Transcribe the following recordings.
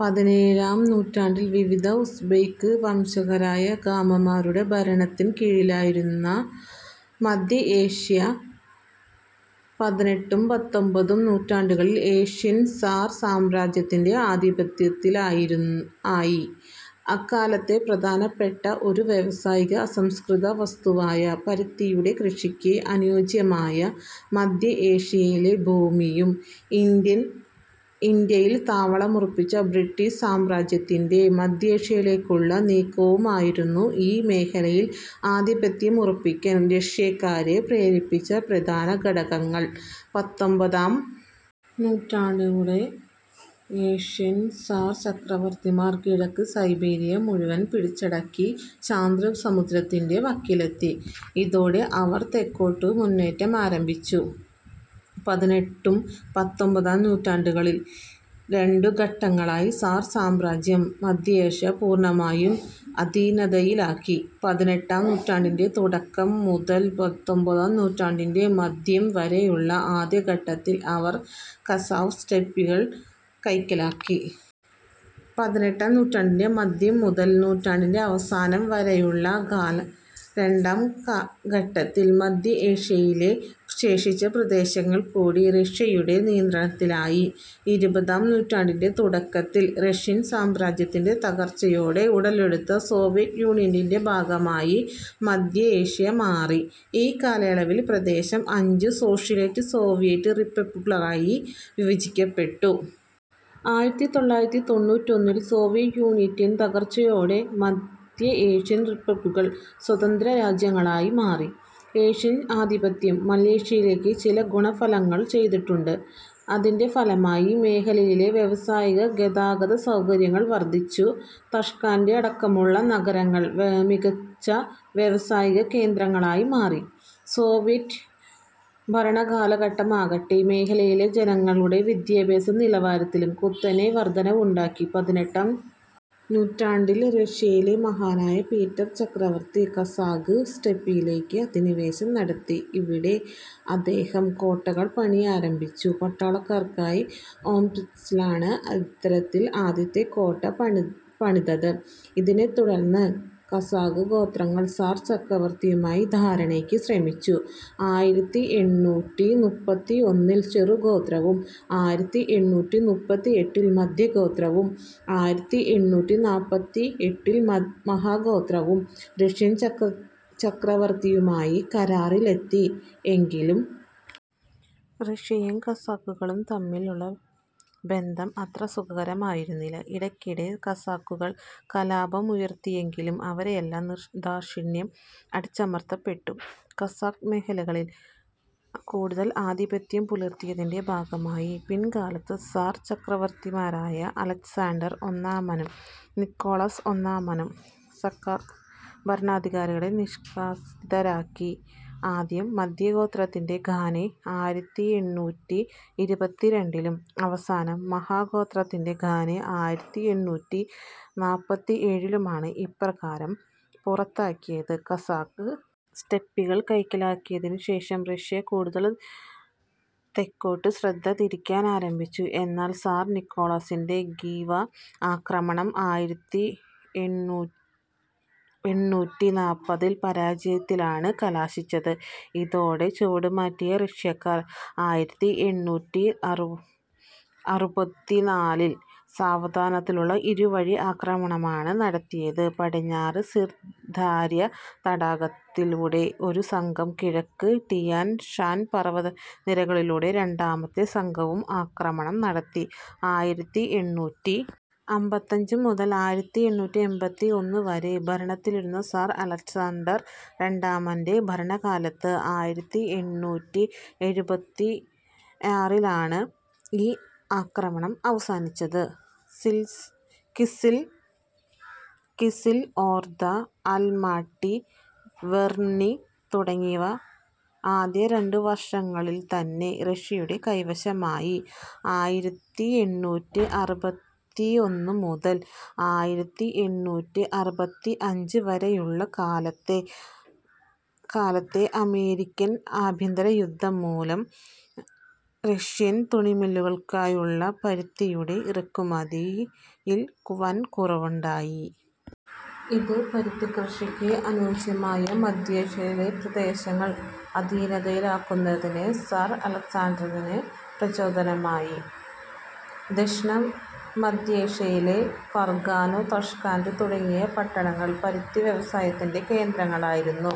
പതിനേഴാം നൂറ്റാണ്ടിൽ വിവിധ ഉസ്ബെക് വംശജരായ ഖാന്മാരുടെ ഭരണത്തിൻ കീഴിലായിരുന്ന മധ്യേഷ്യ പതിനെട്ടും പത്തൊമ്പതും നൂറ്റാണ്ടുകളിൽ റഷ്യൻ സാർ സാമ്രാജ്യത്തിൻ്റെ ആധിപത്യത്തിലായി. അക്കാലത്തെ പ്രധാനപ്പെട്ട ഒരു വ്യാവസായിക അസംസ്കൃതവസ്തുവായ പരുത്തിയുടെ കൃഷിക്ക് അനുയോജ്യമായ മധ്യേഷ്യയിലെ ഭൂമിയും ഇന്ത്യയിൽ താവളമുറപ്പിച്ച ബ്രിട്ടീഷ് സാമ്രാജ്യത്തിൻ്റെ മധ്യേഷ്യയിലേക്കുള്ള നീക്കങ്ങളുമായിരുന്നു ഈ മേഖലയിൽ ആധിപത്യമുറപ്പിക്കാൻ റഷ്യക്കാരെ പ്രേരിപ്പിച്ച പ്രധാന ഘടകങ്ങൾ. പത്തൊമ്പതാം നൂറ്റാണ്ടോടെ റഷ്യൻ സാർ ചക്രവർത്തിമാർ കിഴക്ക് സൈബീരിയ മുഴുവൻ പിടിച്ചടക്കി ശാന്തസമുദ്രത്തിൻ്റെ വക്കിലെത്തി. ഇതോടെ അവർ തെക്കോട്ട് മുന്നേറാനാരംഭിച്ചു. പതിനെട്ടും പത്തൊമ്പതും നൂറ്റാണ്ടുകളിൽ രണ്ടു ഘട്ടങ്ങളിലായി സാർ സാമ്രാജ്യം മധ്യേഷ്യ പൂർണമായും അധീനതയിലാക്കി. പതിനെട്ടാം നൂറ്റാണ്ടിൻ്റെ തുടക്കം മുതൽ പത്തൊമ്പതാം നൂറ്റാണ്ടിൻ്റെ മധ്യം വരെയുള്ള ആദ്യഘട്ടത്തിൽ അവർ കസാഖ് സ്റ്റെപ്പികൾ കൈക്കലാക്കി. പത്തൊമ്പതാം നൂറ്റാണ്ടിൻ്റെ മധ്യം മുതൽ നൂറ്റാണ്ടിൻ്റെ അവസാനം വരെയുള്ള രണ്ടാം ഘട്ടത്തിൽ മധ്യേഷ്യയിലെ ശേഷിച്ച പ്രദേശങ്ങൾ കൂടി റഷ്യക്കാരുടെ നിയന്ത്രണത്തിലായി. ഇരുപതാം നൂറ്റാണ്ടിൻ്റെ തുടക്കത്തിൽ റഷ്യൻ സാമ്രാജ്യത്തിൻ്റെ തകർച്ചയോടെ ഉടലെടുത്ത സോവിയറ്റ് യൂണിയൻ്റെ ഭാഗമായി മധ്യേഷ്യ മാറി. ഇക്കാലയളവിൽ പ്രദേശം അഞ്ച് സോഷ്യലിസ്റ്റ് സോവിയറ്റ് റിപ്പബ്ലിക്കുകളായി വിഭജിക്കപ്പെട്ടു. ആയിരത്തിത്തൊള്ളായിരത്തി തൊണ്ണൂറ്റിയൊന്നിൽ സോവിയറ്റ് യൂണിയൻ തകർന്നതോടെ മധ്യേഷ്യൻ റിപ്പബ്ലിക്കുകൾ സ്വതന്ത്രരാജ്യങ്ങളായി മാറി. റഷ്യൻ ആധിപത്യം മധ്യേഷ്യക്ക് ചില ഗുണഫലങ്ങളും ചെയ്തിട്ടുണ്ട്. ഇതിൻ്റെ ഫലമായി മേഖലയിലെ വ്യാവസായിക ഗതാഗതസൗകര്യങ്ങൾ വർധിച്ചു. താഷ്കന്റ് അടക്കമുള്ള നഗരങ്ങൾ മികച്ച വ്യാവസായികകേന്ദ്രങ്ങളായി മാറി. സോവിയറ്റ് ഭരണകാലഘട്മാകട്ടെ മേഖലയിലെ ജനങ്ങളുടെ വിദ്യാഭ്യാസനിലവാരത്തിലും കുത്തനെ വർധനവുണ്ടായി. പതിനെട്ടാം നൂറ്റാണ്ടിൽ റഷ്യയിലെ മഹാനായ പീറ്റർ ചക്രവർത്തി കസാഖ് സ്റ്റെപ്പികളിലേക്ക് അധിനിവേശം നടത്തി. ഇവിടെ അദ്ദേഹം കോട്ടകൾ പണിയാനാരംഭിച്ചു. പട്ടാളക്കാർക്കായി ഓംസ്കിലാണ് ഇത്തരത്തിൽ ആദ്യത്തെ കോട്ട പണിതത്. ഇതിനെത്തുടർന്ന് കസാഖ് ഗോത്രങ്ങൾ സാർ ചക്രവർത്തിയുമായി ധാരണയ്ക്ക് ശ്രമിച്ചു. ആയിരത്തിയെഴുന്നൂറ്റി മുപ്പത്തിയൊന്നിൽ ചെറുഗോത്രവും ആയിരത്തിയെഴുന്നൂറ്റി മുപ്പത്തിയെട്ടിൽ മധ്യഗോത്രവും ആയിരത്തിയെഴുന്നൂറ്റി നാല്പത്തിയെട്ടിൽ മഹാഗോത്രവും റഷ്യൻ ചക്രവർത്തിയുമായി കരാറിലെത്തി. എങ്കിലും റഷ്യയും കസാഖുകളും തമ്മിലുള്ള ബന്ധം അത്ര സുഖകരമായിരുന്നില്ല. ഇടയ്ക്കിടെ കസാഖുകൾ കലാപങ്ങളുയർത്തിയെങ്കിലും അവയെല്ലാം നിർദാക്ഷിണ്യം അടിച്ചമർത്തപ്പെട്ടു. കസാഖ് മേഖലയിൽ കൂടുതൽ ആധിപത്യം പുലർത്തുന്നതിൻ്റെ ഭാഗമായി പിൽക്കാല സാർ ചക്രവർത്തിമാരായ അലക്സാണ്ടർ ഒന്നാമനും നിക്കോളസ് ഒന്നാമനും കസാഖ് ഭരണാധികാരികളെ നിഷ്കാസിതരാക്കി. ആദ്യം മധ്യഗോത്രത്തിൻ്റെ ഖാനെ ആയിരത്തിയെണ്ണൂറ്റി ഇരുപത്തിരണ്ടിലും അവസാനം മഹാഗോത്രത്തിൻ്റെ ഖാനെ ആയിരത്തിയെണ്ണൂറ്റി നാല്പത്തിയേഴിലുമാണ് ഇപ്രകാരം പുറത്താക്കിയത്. കസാഖ് സ്റ്റെപ്പികൾ കൈക്കലാക്കിയതിനുശേഷം റഷ്യ കൂടുതൽ തെക്കോട്ട് ശ്രദ്ധതിരിക്കാനാരംഭിച്ചു. എന്നാൽ സാർ നിക്കോളസിൻ്റെ ഖീവ ആക്രമണം ആയിരത്തിയെണ്ണൂറ്റി നാല്പതിൽ പരാജയത്തിലാണ് കലാശിച്ചത്. ഇതോടെ ചുവടുമാറ്റിയ റഷ്യക്കാർ ആയിരത്തിയെണ്ണൂറ്റി അറുപത്തിനാലിൽ സാവധാനത്തിലുള്ള ഇരുവഴി ആക്രമണമാണ് നടത്തിയത്. പടിഞ്ഞാറ് സിർ ദര്യ തടത്തിലൂടെ ഒരു സംഘവും കിഴക്ക് ടിയാൻ ഷാൻ പർവതനിരകളിലൂടെ രണ്ടാമത്തെ സംഘവും ആക്രമണം നടത്തി. ആയിരത്തിയെണ്ണൂറ്റി അമ്പത്തഞ്ച് മുതൽ ആയിരത്തിയെണ്ണൂറ്റി എൺപത്തിയൊന്നുവരെ ഭരണത്തിലിരുന്ന സാർ അലക്സാണ്ടർ രണ്ടാമൻ്റെ ഭരണകാലത്ത് ആയിരത്തിയെണ്ണൂറ്റി എഴുപത്തിയാറിലാണ് ഈ ആക്രമണം അവസാനിച്ചത്. കിസിൽ ഒർദ. അൽമാട്ടി. വെർണി തുടങ്ങിയവ ആദ്യ രണ്ടുവർഷങ്ങളിൽത്തന്നെ റഷ്യയുടെ കൈവശമായി. ആയിരത്തിയെണ്ണൂറ്റി അറുപത്തിയൊന്ന് മുതൽ ആയിരത്തിയെണ്ണൂറ്റി അറുപത്തിയഞ്ച് വരെയുള്ള കാലത്തെ അമേരിക്കൻ ആഭ്യന്തരയുദ്ധം മൂലം റഷ്യയിലെ തുണിമില്ലുകൾക്കായുള്ള പരുത്തിയുടെ ഇറക്കുമതിയിൽ വൻകുറവുണ്ടായി. ഇത് പരുത്തിക്കൃഷിക്ക് അനുയോജ്യമായ മധ്യേഷ്യയിലെ പ്രദേശങ്ങൾ അധീനതയിലാക്കുന്നതിന് സാർ അലക്സാണ്ടറിന് പ്രചോദനമായി. ദക്ഷിണ മധ്യേഷ്യയിലെ ഫെർഗാന. താഷ്കന്റ് തുടങ്ങിയ പട്ടണങ്ങൾ പരുത്തിവ്യവസായത്തിൻ്റെ കേന്ദ്രങ്ങളായിരുന്നു.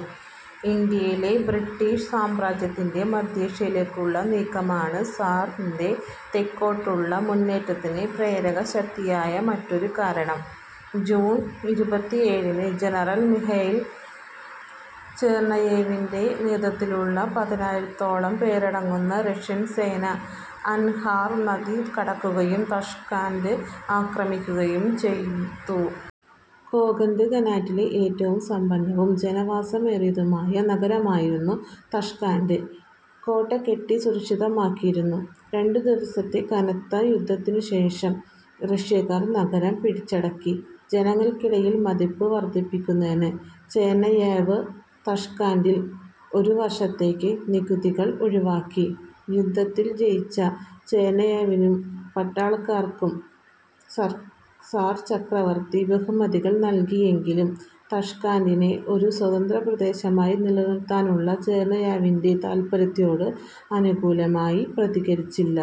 ഇന്ത്യയിലെ ബ്രിട്ടീഷ് സാമ്രാജ്യത്തിൻ്റെ മധ്യേഷ്യയിലേക്കുള്ള നീക്കമാണ് സാറിൻ്റെ തെക്കോട്ടുള്ള മുന്നേറ്റത്തിന് പ്രേരകശക്തിയായ മറ്റൊരു കാരണം. ജൂൺ ഇരുപത്തിയേഴിന് ജനറൽ മിഖായിൽ ചെർണയേവിൻ്റെ നേതൃത്വത്തിലുള്ള പതിനയ്യായിരത്തോളം പേരടങ്ങിയ റഷ്യൻ സേന അൻഹാർ നദി കടക്കുകയും താഷ്കന്റ് ആക്രമിക്കുകയും ചെയ്തു. കോകന്ദ് ഖാനേറ്റിലെ ഏറ്റവും സമ്പന്നവും ജനവാസമേറിയതുമായ നഗരമായിരുന്ന താഷ്കന്റ് കോട്ട കെട്ടി സുരക്ഷിതമാക്കിയിരുന്നു. രണ്ടു ദിവസത്തെ കനത്ത യുദ്ധത്തിനുശേഷം റഷ്യക്കാർ നഗരം പിടിച്ചടക്കി. ജനങ്ങൾക്കിടയിൽ മതിപ്പ് വർധിപ്പിക്കുന്നതിന് ചെർണയേവ് താഷ്കന്റിൽ ഒരു വർഷത്തേക്ക് നികുതികൾ ഒഴിവാക്കി. യുദ്ധത്തിൽ വിജയിച്ച ചെർണയേവിനും പട്ടാളക്കാർക്കും സാർ ചക്രവർത്തി ബഹുമതികൾ നൽകിയെങ്കിലും താഷ്കന്റിനെ ഒരു സ്വതന്ത്രദേശമായി നിലനിർത്താനുള്ള ചെർണയേവിൻ്റെ താൽപര്യത്തോട് അനുകൂലമായി പ്രതികരിച്ചില്ല.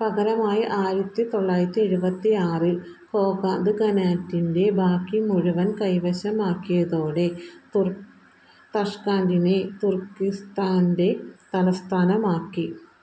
പകരം ആയിരത്തിയെണ്ണൂറ്റി എഴുപത്തിയാറിൽ ഖോകന്ദ് ഖാനേറ്റിൻ്റെ ബാക്കി മുഴുവൻ കൈവശമാക്കിയതോടെ താഷ്കന്റിനെ തുർക്കിസ്താൻ്റെ തലസ്ഥാനമാക്കി.